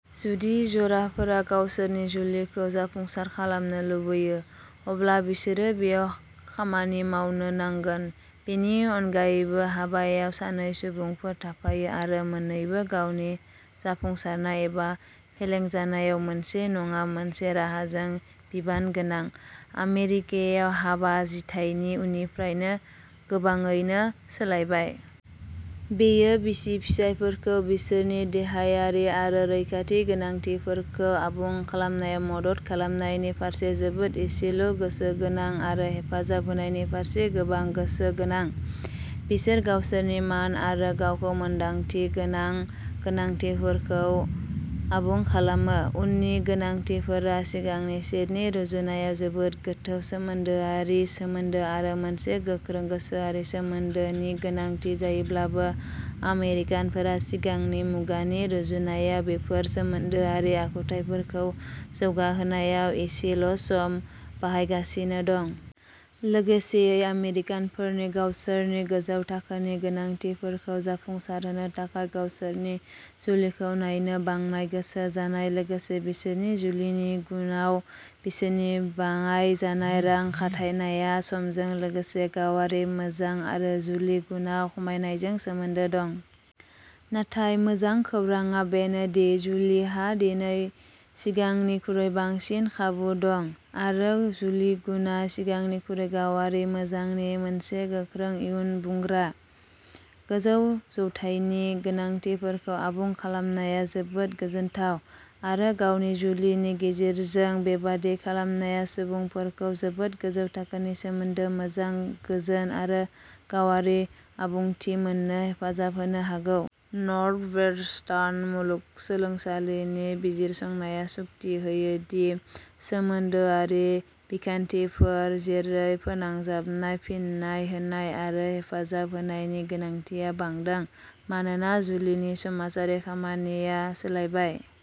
जुदि जराफोरा गावसोरनि जुलिखौ जाफुंसार खालामनो लुबैयो, अब्ला बिसोरो बेयाव खामानि मावनो नांगोन। बेनि अनगायैबो, हाबायाव सानै सुबुंफोर थाफायो आरो मोननैबो गावनि जाफुंसारनाय एबा फेलेंजानायाव मोनसे नङा मोनसे राहाजों बिबान गोनां। "आमेरिकायाव हाबाया जिथाइनि उननिफ्राय गोबाङैनो सोलायबाय। बेयो बिसि-फिसायफोरखौ बिसोरनि देहायारि आरो रैखाथि गोनांथिफोरखौ आबुं खालामनायाव मदद खालामनायनि फारसे जोबोद एसेल'गोसो गोनां आरो हेफाजाब होनायनि फारसे गोबां गोसो गोनां। बिसोर गावसोरनि मान आरो गावखौ मोनदांथि गोनां गोनांथिफोरखौ आबुं खालामो। उननि गोनांथिफोरा सिगांनि सेटनि रुजुनायाव जोबोद गोथौ सोमोन्दोआरि सोमोन्दो आरो मोनसे गोख्रों गोसोआरि सोमोन्दोनि गोनांथि जायोब्लाबो, आमेरिकानफोरा सिगांनि मुगानि रुजुनायाव बेफोर सोमोन्दोआरि आखुथाइफोरखौ जौगाहोनायाव एसेल'सम बाहायगासिनो दं। लोगोसेयै, आमेरिकानफोरनि गावसोरनि गोजौ थाखोनि गोनांथिफोरखौ जाफुंसारहोनो थाखाय गावसोरनि जुलिखौ नायनो बांनाय गोसो जानाय, लोगोसे बिसोरनि जुलिनि गुनआव बिसोरनि बाङाइ जानाय रां खाथायनाया, समजों लोगोसे गावारि मोजां आरो जुलि गुनआव खमायनायजों सोमोन्दो दं। नाथाय मोजां खौरांआ बेनो दि जुलिहा दिनै सिगांनिख्रुइ बांसिन खाबु दं, आरो जुलि गुनआ सिगांनिख्रुइ गावारि मोजांनि मोनसे गोख्रों इयुन बुंग्रा। गोजौ जौथायनि गोनांथिफोरखौ आबुं खालामनाया जोबोद गोजोनथाव, आरो गावनि जुलिनि गेजेरजों बेबादि खालामनाया सुबुंफोरखौ जोबोद गोजौ थाखोनि सोमोन्दो मोजां, गोजोन आरो गावारि आबुंथि मोन्नो हेफाजाब होनो हागौ। "नर्थवेस्टार्न मुलुगसोलोंसालिनि बिजिरसंनाया जुक्ति होयो दि" सोमोन्दोआरि बिखान्थिफोर जेरै फोनांजाबनाय, फिन्नाय होनाय आरो हेफाजाब होनायनि गोनांथिया बांदों मानोना जुलिनि समाजारि खामानिया सोलायबाय।